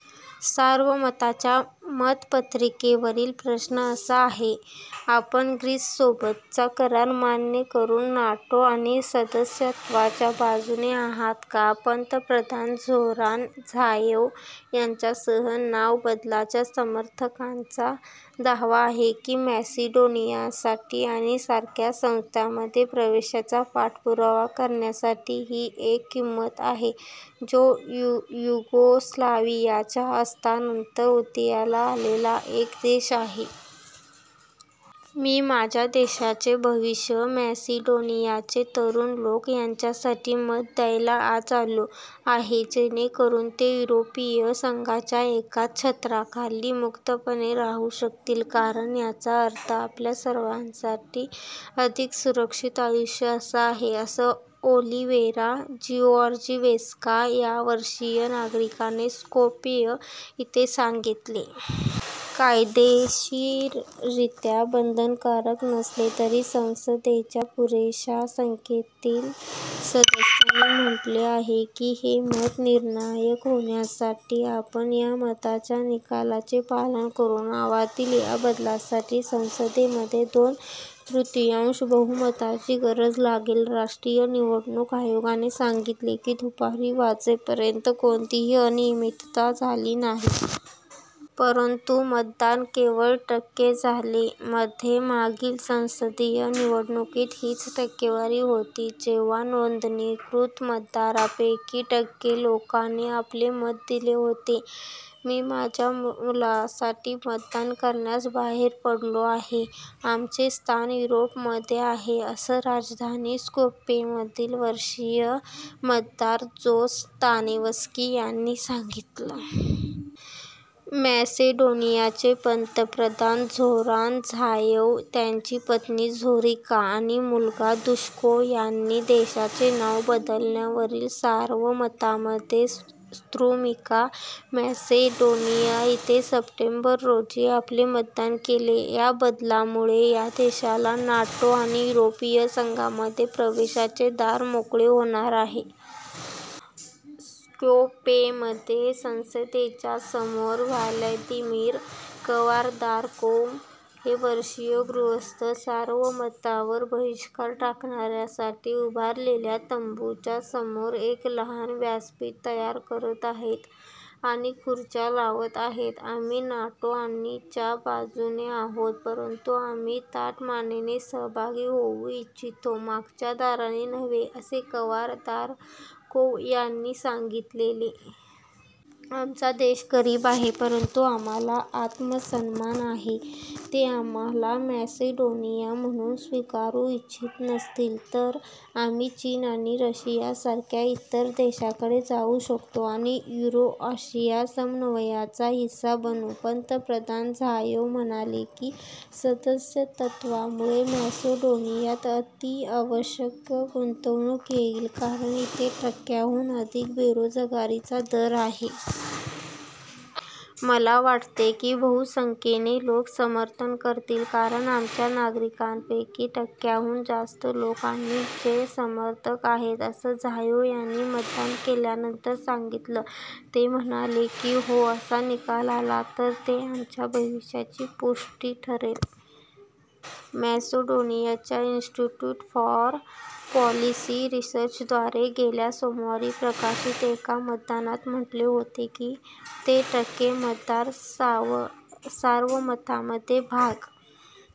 सार्वमताच्या मतपत्रिकेवरील प्रश्न असा आहे: "आपण ग्रीससोबतचा करार मान्य करुन नाटो आणि सदस्यत्वाच्या बाजूने आहात का. " पंतप्रधान झोरान झाएव यांच्यासह, नाव बदलाच्या समर्थकांचा दावा आहे की मॅसेडोनियासाठी आणि सारख्या संस्थांमध्ये प्रवेशाचा पाठपुरावा करण्यासाठी ही एक किंमत आहे, जो युगोस्लावियाच्या अस्तानंतर उदयाला आलेला एक देश आहे. मी माझ्या देशाचे भविष्य, मॅसेडोनियाचे तरुण लोक यांच्यासाठी मत द्यायला आज आलो आहे, जेणेकरुन ते युरोपिय संघाच्या एकाच छत्राखाली मुक्तपणे राहू शकतील कारण याचा अर्थ आपल्या सर्वांसाठी अधिक सुरक्षित आयुष्य असा आहे," असं ओलिवेरा जिऑर्जीवेस्का या वर्षीय नागरिकाने स्कोप्यं इथे सांगितले. कायदेशीररित्या बंधनकारक नसले तरी, संसदेच्या पुरेशा संख्येतील सदस्यांनी म्हटले आहे की हे मत निर्णायक होण्यासाठी आपण या मताच्या निकालाचे पालन करु. नावातील या बदलासाठी संसदेमध्ये दोन-तृतियांश बहुमताची गरज लागेल. राष्ट्रीय निवडणूक आयोगाने सांगितले की दुपारी वाजेपर्यंत कोणतीही अनियमितता झाली नाही. परंतु, मतदान केवळ टक्के झाले, मध्ये मागील संसदीय निवडणुकीत हीच टक्केवारी होती जेव्हा नोंदणीकृत मतदारांपैकी टक्के लोकांनी आपले मत दिले होते. मी माझ्या मुलांसाठी मतदान करण्यास बाहेर पडलो आहे, आमचे स्थान युरोपमध्ये आहे," असं राजधानी, स्कोप्येमधील वर्षीय मतदार, जोस तानेवस्की यांनी सांगितलं. मॅसेडोनियाचे पंतप्रधान झोरान झाएव, त्यांची पत्नी झोरिका आणि मुलगा दुश्को यांनी देशाचे नाव बदलण्यावरील सार्वमतामध्ये स्त्रुमिका, मॅसेडोनिया इथे सप्टेंबर, रोजी आपले मतदान केले. या बदलामुळे या देशाला नाटो आणि युरोपिय संघामध्ये प्रवेशाचे दार मोकळे होणार आहे. स्कोप्येमध्ये संसदेच्या समोर, व्लादीमिर कवारदारकोव हे वर्षीय गृहस्थ, सार्वमतावर बहिष्कार टाकणाऱ्यांसाठी उभारलेल्या तंबूंच्या समोर एक लहान व्यासपीठ तयार करत आहेत आणि खुर्च्या लावत आहेत. आम्ही नाटो आणि च्या बाजूने आहोत, परंतु, आम्ही ताठ मानेने सहभागी होऊ इच्छितो, मागच्या दाराने नव्हे," असे कवारदारकोव यांनी सांगितले. आमचा देश गरीब आहे, परंतु आम्हाला आत्मसन्मान आहे. ते आम्हाला मॅसेडोनिया म्हणून स्विकारु इच्छित नसतील तर, आम्ही चीन आणि रशियासारख्या इतर देशांकडे जाऊ शकतो आणि युरो-आशिया समन्वयाचा हिस्सा बनू. " पंतप्रधान झाएव म्हणाले की सदस्यत्वामुळे मॅसेडोनियात अति आवश्यक गुंतवणूक येईल, कारण इथे टक्क्यांहून अधिक बेरोजगारीचा दर आहे. "मला वाटते की बहुसंख्येने लोक समर्थन करतील कारण आमच्या नागरिकांपैकी टक्क्यांहून जास्त लोक आणि चे समर्थक आहेत," असं झाएव यांनी मतदान केल्यानंतर सांगितलं. ते म्हणाले की "हो" असा निकाल आला तर ते "आमच्या भविष्याची पुष्टि" ठरेल. मॅसेडोनियाच्या इन्स्टिट्युट फॉर पॉलिसी रिसर्चद्वारे गेल्या सोमवारी प्रकाशित एका मतदानात म्हटले होते की ते टक्के मतदार सार्वमतामध्ये भाग